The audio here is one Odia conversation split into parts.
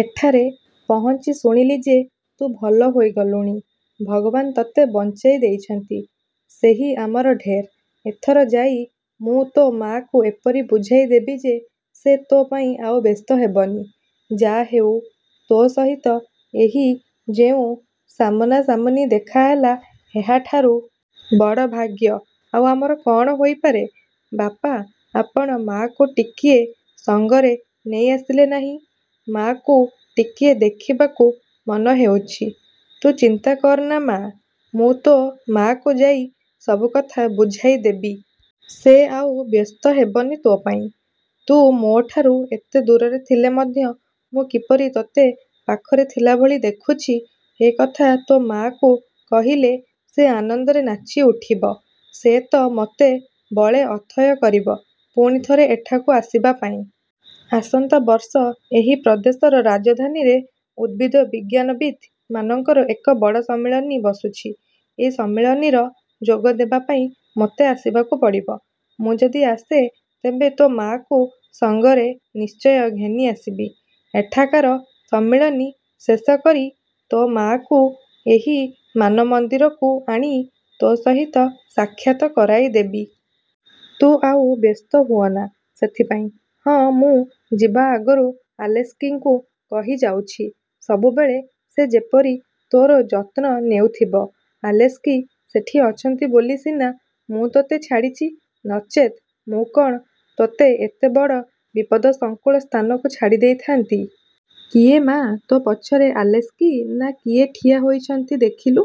ଏଠାରେ ପହଞ୍ଚି ଶୁଣିଲି ଯେ ତୁ ଭଲ ହୋଇଗଲୁଣି। ଭଗବାନ ତୋତେ ଯେ ବଞ୍ଚାଇ ଦେଇଛନ୍ତି, ସେହି ଆମର ଢେର୍-। ଏଥର ଯାଇ ମୁଁ ତୋ' ମା'କୁ ଏପରି ବୁଝାଇ ଦେବି ଯେ ସେ ତୋ' ପାଇଁ ଆଉ ବ୍ୟସ୍ତ ହେବନି। ଯା' ହେଉ ତୋ ସହିତ ଏହି ଯେଉଁ ସାମନାସାମନି ଦେଖାହେଲା, ଏହାଠାରୁ। ବଡ଼ ଭାଗ୍ୟ ଆଉ ଆମର କ'ଣ ହୋଇପାରେ। '' ''ବାପା, ଆପଣ ମା'କୁ ଟିକିଏ ସଙ୍ଗରେ ନେଇ ଆସିଲେ ନାହିଁ? ମା'କୁ ଟିକିଏ ଦେଖିବାକୁ ମନ ହେଉଛି। '' ''ତୁ ଚିନ୍ତା କରନା ମା! ମୁଁ ତୋ ମା'କୁ ଯାଇ ସବୁ କଥା ବୁଝାଇ ଦେବି। ସେ ଆଉ ବ୍ୟସ୍ତ ହେବନି ତୋ ପାଇଁ। ତୁ ମୋ'ଠାରୁ ଏତେ ଦୂରରେ ଥିଲେ ମଧ୍ୟ ମୁଁ କିପରି ତୋତେ ପାଖରେ ଥିଲା ଭଳି ଦେଖୁଛି, ଏ କଥା ତୋ ମା'କୁ କହିଲେ ସେ ଆନନ୍ଦରେ ନାଚି ଉଠିବ। ସେ ତ ମୋତେ ବଳେ ଅଥୟ କରିବ ପୁଣି ଥରେ ଏଠାକୁ ଆସିବା ପାଇଁ। ଆସନ୍ତା ବର୍ଷ ଏହି ପ୍ରଦେଶର ରାଜଧାନୀରେ ଉଦ୍ଭିଦବିଜ୍ଞାନବିତ୍ ମାନଙ୍କର ଏକ ବଡ଼ ସମ୍ମିଳନୀ ବସୁଛି। ଏହି ସମ୍ମିଳନୀର ଯୋଗଦେବା ପାଇଁ ମୋତେ ଆସିବାକୁ ପଡ଼ିବ। ମୁଁ ଯଦି ଆସେ, ତେବେ ତୋ ମା'କୁ ସଙ୍ଗରେ ନିଶ୍ଚୟ ଘେନି ଆସିବି। ଏଠାକାର ସମ୍ମିଳନୀ ଶେଷ କରି ତୋ ମା'କୁ ଏହି ମାନମନ୍ଦିରକୁ ଆଣି ତୋ ସହିତ ସାକ୍ଷାତ୍ କରାଇଦେବି। ତୁ ଆଉ ବ୍ୟସ୍ତ ହୁଅନା ସେଥିପାଇଁ। ହଁ, ମୁଁ ଯିବାଆଗରୁ ଆଲେସ୍କିଙ୍କୁ କହିଯାଉଛି, ସବୁବେଳେ ସେ ଯେପରି ତୋର ଯତ୍ନ ନେଉଥିବ। ଆଲେସ୍କି ସେଠି ଅଛନ୍ତି ବୋଲି ସିନା ମୁଁ ତୋତେ ଛାଡ଼ିଛି; ନଚେତ୍ ମୁଁ କ'ଣ ତୋତେ ଏତେ ବଡ଼ ବିପଦସଂକୁଳ ସ୍ଥାନକୁ ଛାଡ଼ି ଦେଇଥାନ୍ତି। କିଏ ମା, ତୋ ପଛରେ ଆଲେସ୍କି ନା କିଏ ଠିଆ ହୋଇଛନ୍ତି ଦେଖିଲୁ।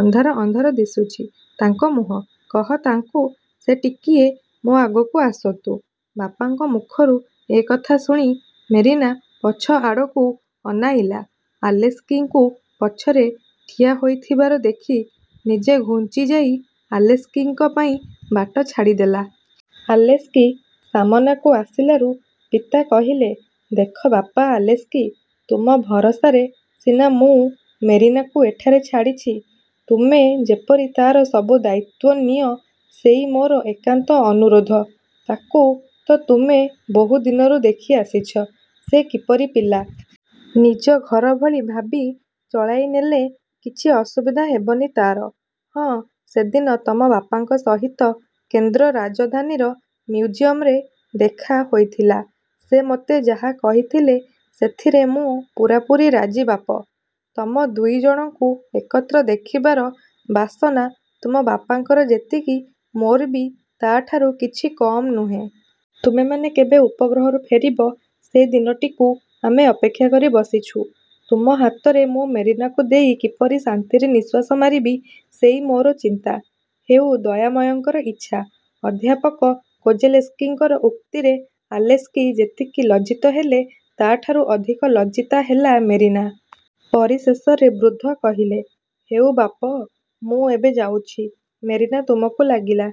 ଅନ୍ଧାର ଅନ୍ଧାର ଦିଶୁଛି ତାଙ୍କ ମୁହଁ। କହ ତାଙ୍କୁ, ସେ ଟିକିଏ ମୋ ଆଗକୁ ଆସନ୍ତୁ। '' ବାପାଙ୍କ ମୁଖରୁ ଏକଥା ଶୁଣି ମେରିନା ପଛଆଡ଼କୁ ଅନାଇଲା। ଆଲେସ୍କିଙ୍କୁ ପଛରେ ଠିଆହୋଇଥିବାର ଦେଖି ନିଜେ ଘୁଞ୍ଚିଯାଇ ଆଲେସ୍କିଙ୍କ ପାଇଁ ବାଟ ଛାଡ଼ିଦେଲା। ଆଲେସ୍କି ସାମନାକୁ ଆସିଲାରୁ ପିତା କହିଲେ, ''ଦେଖ ବାପା ଆଲେସ୍କି, ତୁମ ଭରସାରେ ସିନା ମୁଁ ମେରିନାକୁ ଏଠାରେ ଛାଡ଼ିଛି। ତୁମେ ଯେପରି ତାର ସବୁ ଦାୟିତ୍ୱ ନିଅ, ସେଇ ମୋର ଏକାନ୍ତ ଅନୁରୋଧ। ତାକୁ ତ ତୁମେ ବହୁ ଦିନରୁ ଦେଖିଆସିଛ, ସେ କିପରି ପିଲା। ନିଜ ଘର ଭଳି ଭାବି ଚଳାଇନେଲେ କିଛି ଅସୁବିଧା ହେବନି ତାର। ହଁ, ସେଦିନ ତମ ବାପାଙ୍କ ସହିତ କେନ୍ଦ୍ର ରାଜଧାନୀର ମିଉଜିଅମ୍ରେ ଦେଖାହୋଇଥିଲା। ସେ ମୋତେ ଯାହା କହିଥିଲେ, ସେଥିରେ ମୁଁ ପୂରାପୂରି ରାଜି ବାପ! ତମ ଦୁଇଜଣଙ୍କୁ ଏକତ୍ର ଦେଖିବାର ବାସନା ତୁମ ବାପାଙ୍କର ଯେତିକି, ମୋର ବି ତାଠାରୁ କିଛି କମ୍ ନୁହେଁ। ତୁମେମାନେ କେବେ ଉପଗ୍ରହରୁ ଫେରିବ ସେଇ ଦିନଟିକୁ ଆମେ ଅପେକ୍ଷା କରି ବସିଛୁଁ। ତୁମ ହାତରେ ମୁଁ ମେରିନାକୁ ଦେଇ କିପରି ଶାନ୍ତିରେ ନିଃଶ୍ୱାସ ମାରିବି ସେଇ ମୋର ଚିନ୍ତା। ହେଉ, ଦୟାମୟଙ୍କର ଇଚ୍ଛା। '' ଅଧ୍ୟାପକ କୋଜେଲେସ୍କିଙ୍କର ଉକ୍ତିରେ ଆଲେସ୍କି ଯେତିକି ଲଜ୍ଜିତ ହେଲେ, ତାଠାରୁ ଅଧିକ ଲଜ୍ଜିତା ହେଲା ମେରିନା। ପରିଶେଷରେ ବୃଦ୍ଧ କହିଲେ, ''ହେଉ ବାପ, ମୁଁ ଏବେ ଯାଉଛି। ମେରିନା ତୁମକୁ ଲାଗିଲା।